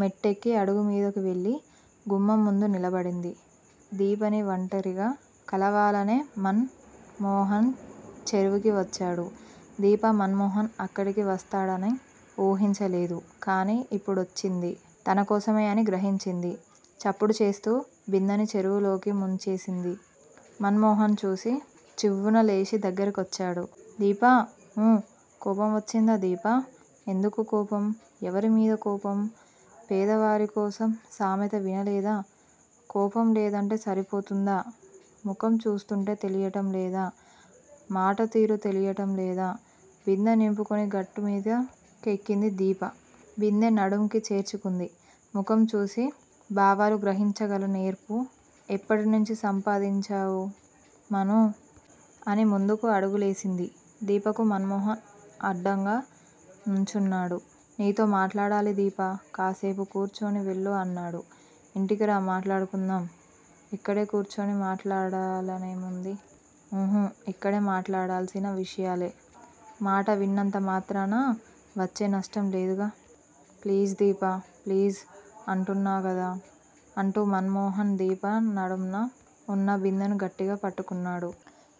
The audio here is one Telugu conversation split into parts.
మెటెక్కి అడుగుమీదకు వెళ్ళి, గుమ్మం ముందు నిలబడింది. దీపని వంటరిగా కలవాలనే మన్ మోహన్ చెరువుకి వచ్చాడు. దీప మన్ మోహన్ అక్కడికి వస్తాడని ఊహించలేదు. కాని ఇప్పుడొచ్చింది. తనకోసమే అని గ్రహించింది. చప్పుడు చేస్తూ బిందెని చెరువులోకి ముంచేసింది. మన్ మోహన్ చూసి చివ్వున లేచి దగ్గరికొచ్చాడు. దీపా! ఊ కోపం వచ్చిందా దీపా? ఎందుకు కోపం! ఎవరిమీద కోపం! పేద వారికోసం సామెత వినలేదా? కోపం లేదంటే సరిపోతుందా! ముఖం చూస్తూంటే తెలియటం లేదా, మాట తీరు తెలియటం లేదా? బిందె నింపుకుని గట్టుమీద కెక్కింది దీప. బిందె నడుంకి చేర్చుకుంది. ముఖం చూసి భావాలు గ్రహించగల నేర్పు ఎప్పటినుంచి సంపాదించావు మనూ? అని ముందుకు అడుగులేసింది. దీపకు మన్ మోహన్ అడ్డంగా నుంచున్నాడు. నీతో మాట్లాడాలి దీపా! కాసేపు కూర్చుని వెళ్ళు అన్నాడు. ఇంటికి రా మాట్లాడుకుందాం. ఇక్కడే కూర్చుని మాట్లాడాలనేముంది? ఉహు, ఇక్కడ మాట్లాడాల్సిన విషయాలే. మాట విన్నంత మాత్రాన వచ్చే నష్టం లేదుగా! ప్లీజ్ దీపా, ప్లీజ్ అంటున్నాకదా అంటూ మన్ మోహన్ దీప నడుంన వున్న బిందెను గట్టిగా పట్టుకున్నాడు.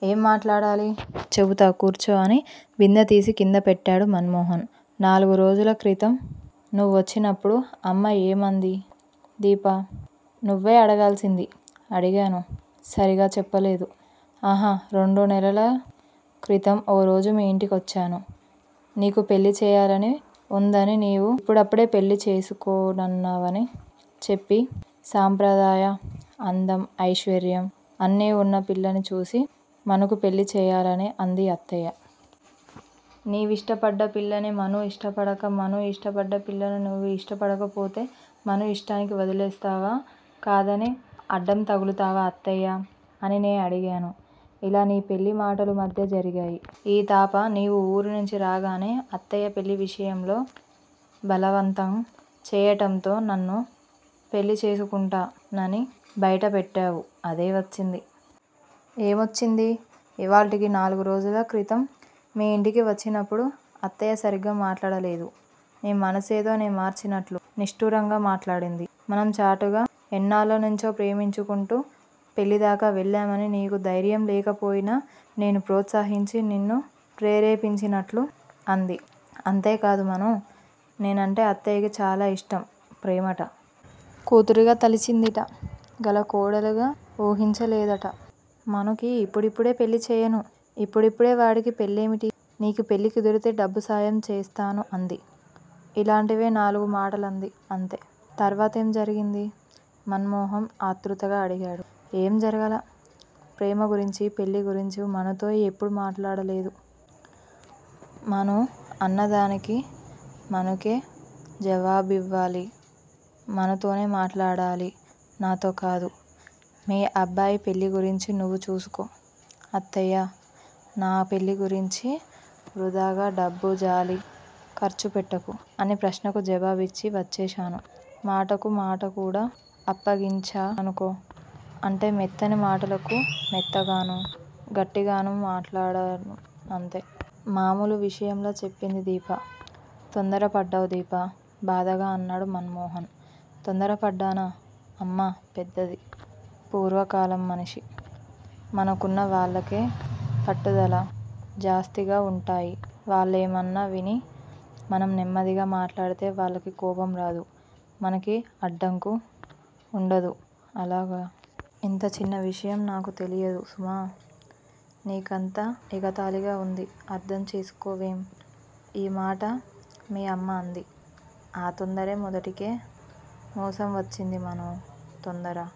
ఏం మాట్లాడాలి? చెపుతా కూర్చో! అని బిందె తీసి కింద పెట్టాడు మన్ మోహన్. నాలుగు రోజులక్రితం నువ్వొచ్చినప్పుడు అమ్మ ఏమంది దీపా నువ్వే అడగాల్సింది. అడిగాను. సరిగా చెప్పలేదు. ఆహా రెండు నెలల క్రితం ఓ రోజు మీ ఇంటికొచ్చాను. నీకు పెళ్ళిచేయాలని వుందని నీవు యిప్పుడప్పుడే పెళ్ళి చేసుకోనన్నావని చెప్పి, సాంప్రదాయ, అందం, ఐశ్వర్యం అన్ని ఉన్న పిల్లని చూసి మనూకు పెళ్ళిచేయాలని అంది అత్తయ్య. నీ విష్టపడ్డ పిల్లని మనూ ఇష్టపడక, మనూ ఇష్టపడ్డ పిల్లను నువ్వు ఇష్టపడకపోతే మనూ ఇష్టానికి వదిలేస్తావా? కాదని అడ్డం తగులుతావా, అత్తయ్యా! అని నే అడిగాను. ఇలా నీ పెళ్ళి మాటలు మధ్య జరిగాయి. ఈ తఫా నీవు ఊరి నుంచి రాగానే అత్తయ్య పెళ్ళి విషయంలో బలవంతం చేయటంతో నన్ను పెళ్ళిచేసుకుంటా నని బైటపెట్టావు, అదే వచ్చింది. ఏమొచ్చింది? ఇవాల్టికి నాలుగు రోజుల క్రితం మీ ఇంటికి వచ్చినప్పుడు అత్తయ్య సరిగా మాట్లాడలేదు. నీ మనసేదో నే మార్చినట్లు నిష్టూరంగా మాట్లాడింది. మనం చాటుగా ఎన్నాళ్ళనుంచో ప్రేమించుకుంటూ పెళ్ళిదాకా వెళ్ళామని, నీకు ధైర్యంలేకపోయినా నేను ప్రోత్సహించి నిన్ను ప్రేరేపించినట్లు అంది. అంతేకాదు మనూ! నేనంటే అత్తయ్యకి చాలా ఇష్టం, ప్రేమట. కూతురుగా తలిచిందిట గల కోడలుగా వూహించలేదుట. మనూకి ఇప్పుడిప్పుడే పెళ్లిచేయను, ఇప్పుడిప్పుడే వాడికి పెళ్లేమిటి, నీకు పెళ్ళి కుదిరితే డబ్బు సాయం చేస్తాను అంది. ఇలాంటివే నాలుగు మాటలంది అంతే. తర్వాతేం జరిగింది? మన్ మోహన్ ఆత్రుతగా అడిగాడు. ఏమి జరగలే! ప్రేమ గురించి పెళ్లి గురించి మనతో ఎప్పుడూ మాట్లాడలేదు. మనూ అన్నదానికి మనూకే జవాబివ్వాలి. మనూతోనే మాట్లాడాలి, నాతో కాదు. మీ అబ్బాయి పెళ్ళిగురించి నువ్వు చూసుకో అత్తయ్యా! నా పెళ్ళిగురించి వృధాగా డబ్బు జాలి ఖర్చుపెట్టకు, అని ప్రశ్నకు జవాబిచ్చి వచ్చేశాను. మాటకు మాటకూడా అప్పగించాఅనుకో. అంటే మెత్తని మాటలకు మెత్తగాను; గట్టిగాను మాట్లాడాను అంతే. మామూలు విషయంలా చెప్పింది దీప. తొందర పడ్డావ్ దీపా! బాధగా అన్నాడు మన్ మోహన్. తొందరపడ్డానా? అమ్మ పెద్దది. పూర్వకాలం మనిషి. మనకున్నా వాళ్ళకే పట్టుదల జాస్తీగా వుంటాయి. వాళ్లేమన్నా విని మనం నెమ్మదిగా మాట్లాడితే వాళ్ళకి కోపం రాదు. మనకి అడ్డంకు వుండదు. అలాగా! ఇంత చిన్న విషయం నాకు తెలియదు సుమా! నీకంతా ఎగతాళిగా వుంది అర్ధంచేసుకోవేం? ఈ మాట మీ అమ్మ అంది. ఆ తొందరే మొదటికే మోసం వచ్చింది. మనూ! తొందర